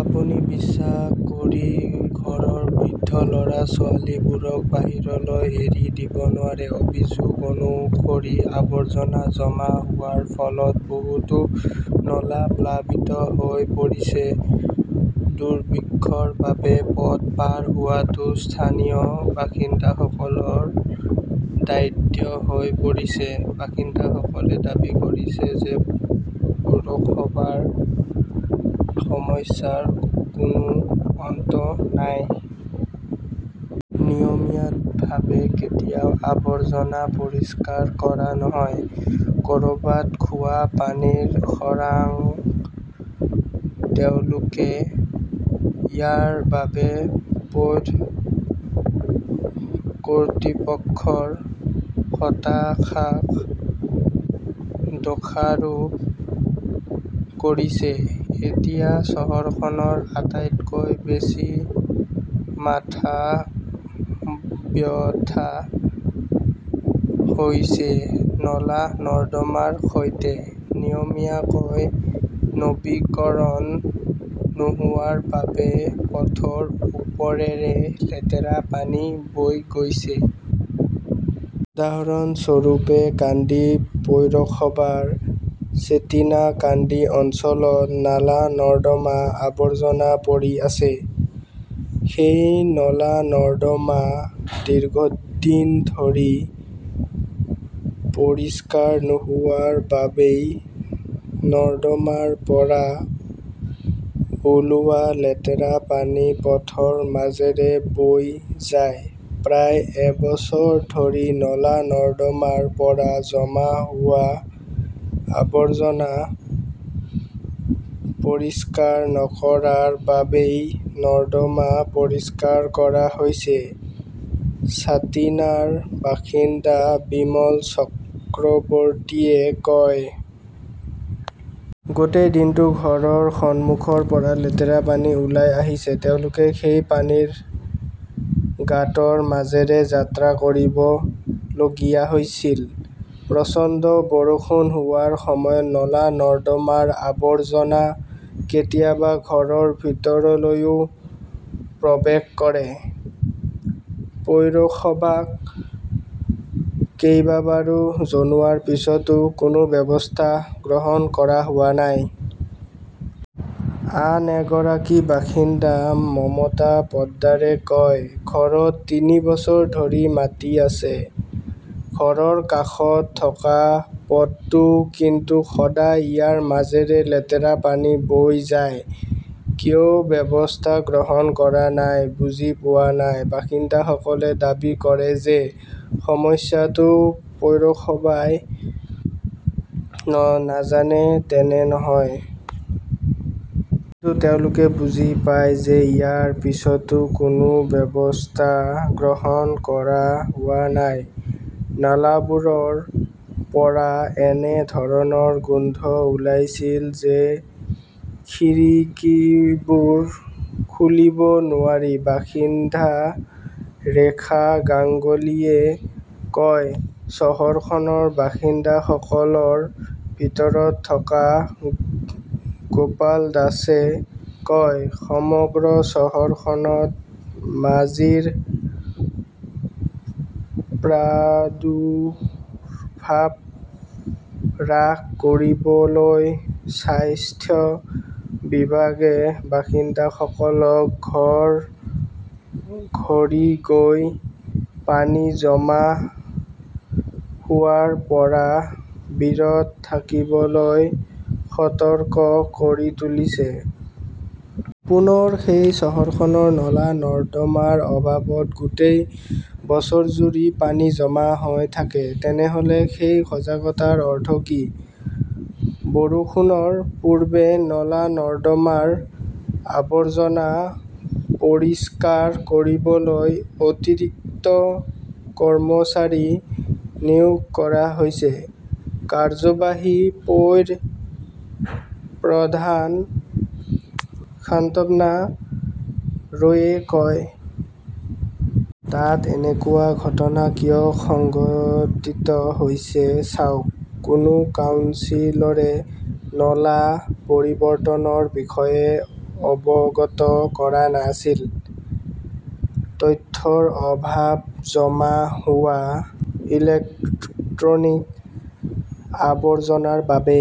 আপুনি বিশ্বাস কৰি ঘৰৰ বৃদ্ধ-ল "ৰা-ছোৱালীবোৰক বাহিৰলৈ এৰি দিব নোৱাৰে। অভিযোগ অনুসৰি, আৱৰ্জনা জমা হোৱাৰ ফলত বহুতো নলা প্লাবিত হৈ পৰিছে। দুৰ্ভিক্ষৰ বাবে পথ পাৰ হোৱাটো স্থানীয় বাসিন্দাসকলৰ দায়িত্ব হৈ পৰিছে। বাসিন্দাসকলে দাবী কৰিছে যে পৌৰসভাৰ সমস্যাৰ কোনো অন্ত নাই। নিয়মিতভাৱে কেতিয়াও আৱৰ্জনা পৰিষ্কাৰ কৰা নহয়। ক'ৰবাত খোৱা পানীৰ খৰাং। তেওঁলোকে ইয়াৰ বাবে পৌৰ কৰ্তৃপক্ষৰ হতাশাক দোষাৰোপ কৰিছে। এতিয়া চহৰখনৰ আটাইতকৈ বেছি মাথাব্যথা হৈছে নলা-নৰ্দমাৰ সৈতে। নিয়মীয়া নৱীকৰণ নোহোৱাৰ বাবে পথৰ ওপৰেৰে লেতেৰা পানী বৈ গৈছে। উদাহৰণস্বৰূপে, কান্দি পৌৰসভাৰ চেটিনা-কান্দি অঞ্চলত নলা-নৰ্দমাৰ আৱৰ্জনা পৰি আছে। সেই নলা-নৰ্দমা দীৰ্ঘদিন ধৰি পৰিষ্কাৰ নোহোৱাৰ বাবেই নৰ্দমাৰ পৰা ওলোৱা লেতেৰা পানী পথৰ মাজেৰে বৈ যায়। প্ৰায় এবছৰ ধৰি নলা-নৰ্দমাৰ পৰা জমা হোৱা আৱৰ্জনা পৰিষ্কাৰ নকৰাৰ বাবেই নৰ্দমা পৰিষ্কাৰ কৰা হৈছে, ছাতিনাৰ বাসিন্দা বিমল চক্ৰৱৰ্তীয়ে কয়। গোটেই দিনটো ঘৰৰ সন্মুখৰ পৰা লেতেৰা পানী ওলাই আহিছে। তেওঁলোকে সেই পানীৰ গাঁতৰ মাজেৰে যাত্ৰা কৰিবলগীয়া হৈছিল। প্ৰচণ্ড বৰষুণ হোৱাৰ সময়ত নলা-নৰ্দমাৰ আৱৰ্জনা কেতিয়াবা ঘৰৰ ভিতৰলৈও প্ৰৱেশ কৰে। পৌৰসভাক কেইবাবাৰো জনোৱাৰ পিছতো কোনো ব্যৱস্থা গ্ৰহণ কৰা হোৱা নাই। আন এগৰাকী বাসিন্দা মমতা পোদ্দাৰে কয়, ঘৰত তিনি বছৰ ধৰি মাতি আছে। ঘৰৰ কাষত থকা পথটো কিন্তু সদায় ইয়াৰ মাজেৰে লেতেৰা পানী বৈ যায়। কিয় ব্যৱস্থা গ্ৰহণ কৰা নাই বুজি পোৱা নাই। বাসিন্দাসকলে দাবী কৰে যে ,সমস্যাটো পৌৰসভাই নাজানে তেনে নহয়। কিন্তু তেওঁলোকে বুজি পায় যে ইয়াৰ পিছতো কোনো ব্যৱস্থা গ্ৰহণ কৰা হোৱা নাই। নালাবোৰৰ পৰা এনে ধৰণৰ গোন্ধ ওলাইছিল যে খিৰিকীবোৰ খুলিব নোৱাৰি, বাসিন্দা ৰেখা গাংগুলীয়ে কয়। চহৰখনৰ বাসিন্দাসকলৰ ভিতৰত থকা গোপাল দাসে কয়, সমগ্ৰ চহৰখনত মাছিৰ প্ৰাদুৰ্ভাৱ হ্ৰাস কৰিবলৈ স্বাস্থ্য বিভাগে বাসিন্দাসকলক ঘৰ-ঘৰি গৈ পানী জমা হোৱাৰ পৰা বিৰত থাকিবলৈ সতৰ্ক কৰি তুলিছে। পুনৰ সেই চহৰখনৰ নলা-নৰ্দমাৰ অভাৱত গোটেই বছৰজুৰি পানী জমা হৈ থাকে। তেনেহ'লে সেই সজাগতাৰ অৰ্থ কি? বৰষুণৰ পূৰ্বে নলা-নৰ্দমাৰ আৱৰ্জনা পৰিষ্কাৰ কৰিবলৈ অতিৰিক্ত কৰ্মচাৰী নিয়োগ কৰা হৈছে, কাৰ্যবাহী পৌৰ প্ৰধান সান্ত্বনা ৰয়ে কয়। তাত এনেকুৱা ঘটনা কিয় সংঘটিত হৈছে চাওক। কোনো কাউন্সিলৰে নলা পৰিৱৰ্তনৰ বিষয়ে অৱগত কৰা নাছিল। । তথ্যৰ অভাৱ, জমা হোৱা ইলেক্ট্ৰনিক আৱৰ্জনাৰ বাবে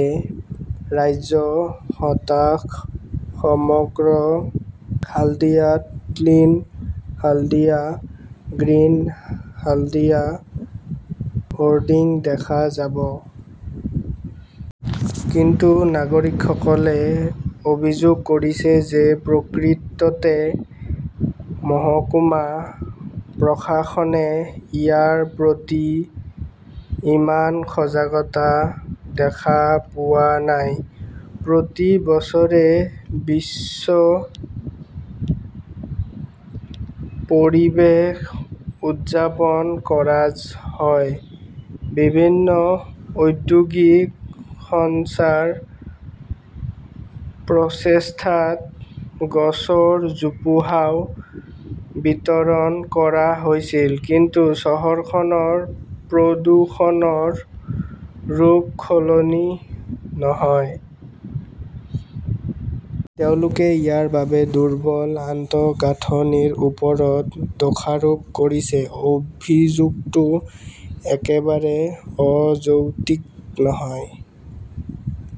ৰাজ্য হতাশ সমগ্ৰ হাল্ডিয়াত 'clean Haldia, green Haldia "hoarding দেখা যাব। কিন্তু নাগৰিকসকলে অভিযোগ কৰিছে যে প্ৰকৃততে মহকুমা প্ৰশাসনে ইয়াৰ প্ৰতি ইমান সজাগতা দেখা পোৱা নাই। প্ৰতি বছৰে বিশ্ব পৰিৱেশ উদযাপন কৰা হয়। বিভিন্ন ঔদ্যোগিক সংস্থাৰ প্ৰচেষ্টাত গছৰ জোপোহাও বিতৰণ কৰা হৈছিল। কিন্তু চহৰখনৰ প্ৰদূষণৰ ৰূপ সলনি নহয়। তেওঁলোকে ইয়াৰ বাবে দুৰ্বল আন্তঃগাঁথনিৰ ওপৰত দোষাৰোপ কৰিছে। অভিযোগটো একেবাৰে অযৌক্তিক নহয় ।